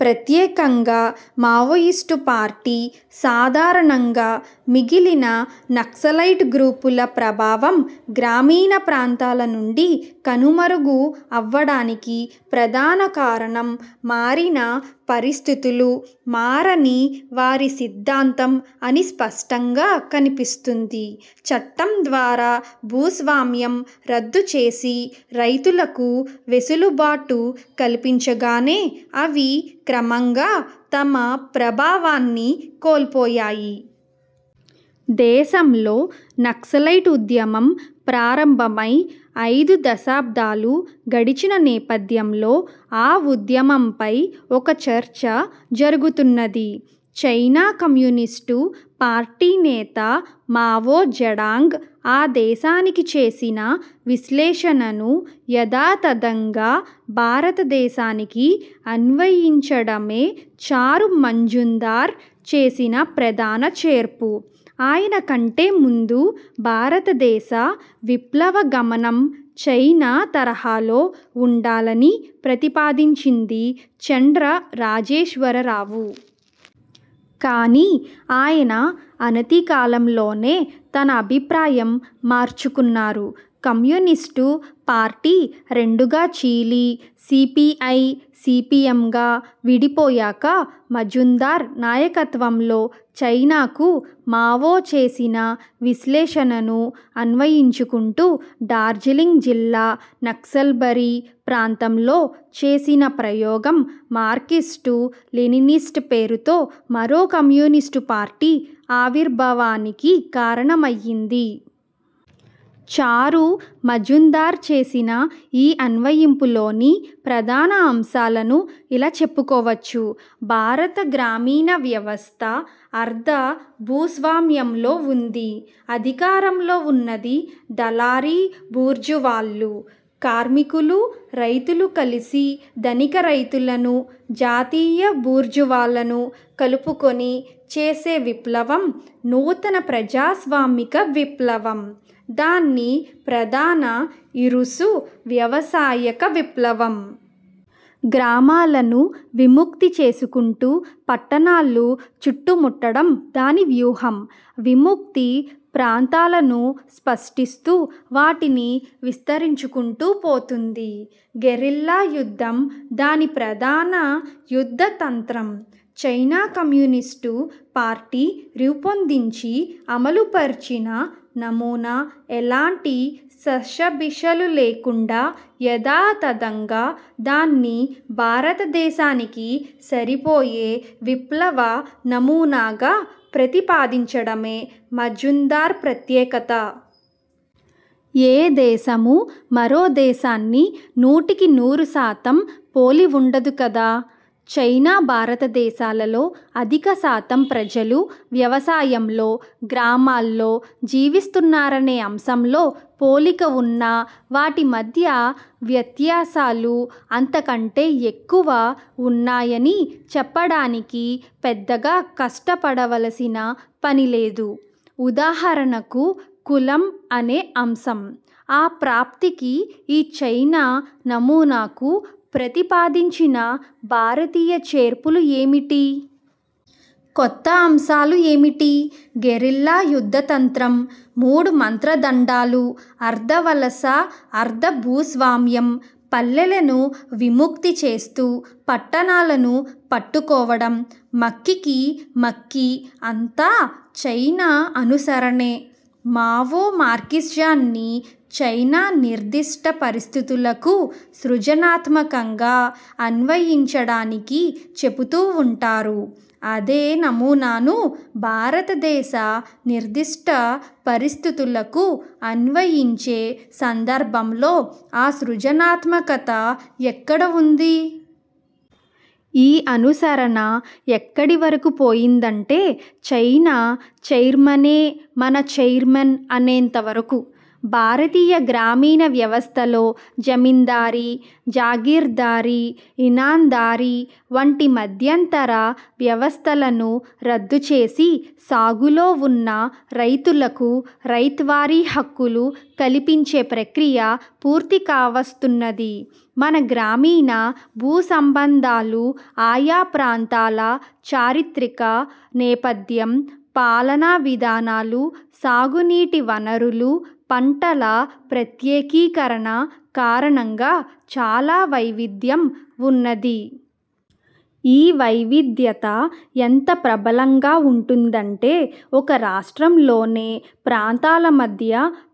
ప్రత్యేకంగా Maoist party, సాధారణంగా మిగిలిన నక్సలైట్ గ్రూపుల ప్రభావం గ్రామీణ ప్రాంతాల నుండి కనుమరుగు అవ్వడానికి ప్రధానకారణం మారిన 'పరిస్థితులు' మారని వారి 'సిద్ధాంతం' అని స్పష్టంగా కన్పిస్తుంది. చట్టం ద్వారా భూస్వామ్యం రద్దు చేసి రైతులకు వెసులుబాటు కల్పించగానే అవి క్రమంగా తమ ప్రాభావాన్ని కోల్పోయాయి. దేశంలో నక్సలైట్ ఉద్యమం ప్రారంభమై ఐదు దశబ్దాలు గడిచిన నేపథ్యంలో, ఆ ఉద్యమంపై ఒక చర్చ జరుగుతున్నది. చైనా కమ్యూనిస్టు పార్టీ నేత మావో జెడాంగ్ ఆ దేశానికి చేసిన విశ్లేషణను యథాతథంగా భారతదేశానికి అన్వయించడమే చారు మజుందార్ చేసిన ప్రధాన చేర్పు. ఆయనకంటే ముందు భారతదేశ విప్లవ గమనం చైనా తరహాలో వుండాలని ప్రతిపాదించింది చండ్ర రాజేశ్వర రావు. కానీ ఆయన అనతికాలంలోనే తన అభిప్రాయం మార్చుకున్నారు. కమ్యూనిస్టు పార్టీ రెండుగా చీలి సీపీఐ, సీపీఎంగా విడిపోయాక, మజుందార్ నాయకత్వంలో చైనాకు మావో చేసిన విశ్లేషణను అన్వయించుకుంటూ డార్జిలింగ్ జిల్లా నక్సల్బరీ ప్రాంతంలో చేసిన ప్రయోగం 'మార్క్సిస్టు లెనినిస్ట్' పేరుతో మరో కమ్యూనిస్టుపార్టీ ఆవిర్భావానికి కారణమయ్యింది. చారు మజుందార్ చేసిన ఈ అన్వయింపులోని ప్రధాన అంశాలను ఇలా చెప్పుకోవచ్చు. భారత గ్రామీణ వ్యవస్థ అర్ధ భూస్వామ్యంలో వుంది. అధికారంలో వున్నది దళారీ బూర్జువాలు. కార్మికులు, రైతులు కలిసి ధనిక రైతులను, జాతీయ బూర్జువాలను కలుపుకొని చేసే విప్లవం 'నూతన ప్రజాస్వామిక విప్లవం'. దాని ప్రధాన 'ఇరుసు' వ్యవసాయక విప్లవం. గ్రామాలను విముక్తి చేసుకుంటూ పట్టణాలు చుట్టుముట్టడం దానివ్యూహం. 'విముక్తి' ప్రాంతాలను సృష్టిస్తూ వాటిని విస్తరించుకుంటూ పోతుంది. గెరిల్లా యుద్ధం దాని ప్రధాన యుద్ధ తంత్రం. చైనా కమ్యూనిస్టు పార్టీ రూపొందించి అమలుపర్చిన నమూనా ఎలాంటి శషబిషలు లేకుండా యథాతథంగా దాన్ని భారతదేశానికి సరిపోయే విప్లవనమూనాగా ప్రతిపాదించడమే మజుందార్ ప్రత్యేకత. ఏ దేశమూ మరోదేశాన్ని నూటికి నూరుశాతం పోలి వుండదు కదా?! చైనా- భారతదేశాలలో అధికశాతం ప్రజలు వ్యవసాయంలో, గ్రామాల్లో జీవిస్తున్నారనే అంశంలో పోలికవున్నా వాటి మధ్య వ్యత్యాసాలు అంతకంటే ఎక్కువ వున్నాయని చెప్పడానికీ పెద్దగా కష్టపడవలసిన పనిలేదు. ఉదాహరణకు 'కులం' అనే అంశం. ఆ ప్రాప్తికి ఈ చైనా నమూనాకు ప్రతిపాదించిన భారతీయ చేర్పులు ఏమిటి? కొత్తఅంశాలు ఏమిటి? గెరిల్లా యుద్ధతంత్రం, మూడు మంత్రదండాలు, అర్ధవలస అర్ధ భూస్వామ్యం, పల్లెలను విముక్తి చేస్తూ పట్టణాలను పట్టుకోవడం, మక్కికి మక్కి అంతా చైనా అనుసరణే. మావో మార్క్సిజాన్ని చైనా నిర్దిష్ట పరిస్థితులకు సృజనాత్మకంగా అన్వయించడానికి చెపుతూ వుంటారు. అదే నమూనాను భారతదేశ నిర్దిష్ట పరిస్ధితులకు అన్వయించే సందర్భంలో ఆ 'సృజనాత్మకత' ఎక్కడ వుంది? ఈ అనుసరణ ఎక్కడి వరకు పోయిందంటే 'చైనా చైర్మనే మన చైర్మన్' అనేంత వరకు. భారతీయ గ్రామీణ వ్యవస్థలో జమిందారీ, జాగీర్దారి, ఇనాందారీ వంటి మధ్యంతర వ్యవస్థలను రద్దుచేసి సాగులో వున్న రైతులకు 'రైత్వారీ హక్కులు' కల్పించే ప్రక్రియ పూర్తికావస్తున్నది. మన గ్రామీణ భూసంబంధాలు ఆయా ప్రాంతాల చారిత్రిక నేపథ్యం, పాలనా విధానాలు, సాగునీటి వనరులు, పంటల ప్రత్యేకీకరణ కారణంగా చాలా వైవిధ్యం వున్నది. ఈ వైవిధ్యత ఎంత ప్రబలంగా వుంటుందంటే ఒక రాష్ట్రంలోనే ప్రాంతాల మధ్య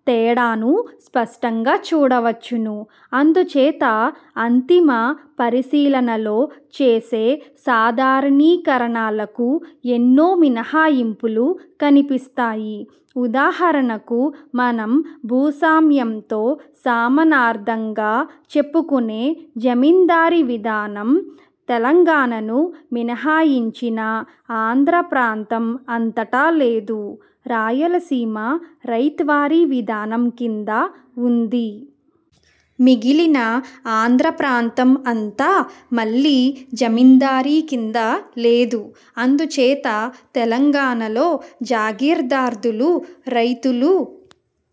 తేడాను స్పష్టంగా చూడవచ్చును. అందుచేత 'అంతిమ పరిశీలనలో' చేసే 'సాధారణీకరణాలకు' ఎన్నో మినహాయింపులు కన్పిస్తాయి. ఉదాహరణకు మనం భూసామ్యంతో సమానార్థంగా చెప్పుకునే జమిందారి విధానం తెలంగాణను మినహాయించినా ఆంధ్రప్రాంతం అంతటా లేదు. రాయలసీమ రైత్వారీ విధానం కింద వుంది. మిగిలిన ఆంధ్ర ప్రాంతం అంతా మళ్ళీ జమిందారీ కింద లేదు. అందుచేత తెలంగాణలో జాగీర్దారులు రైతులు,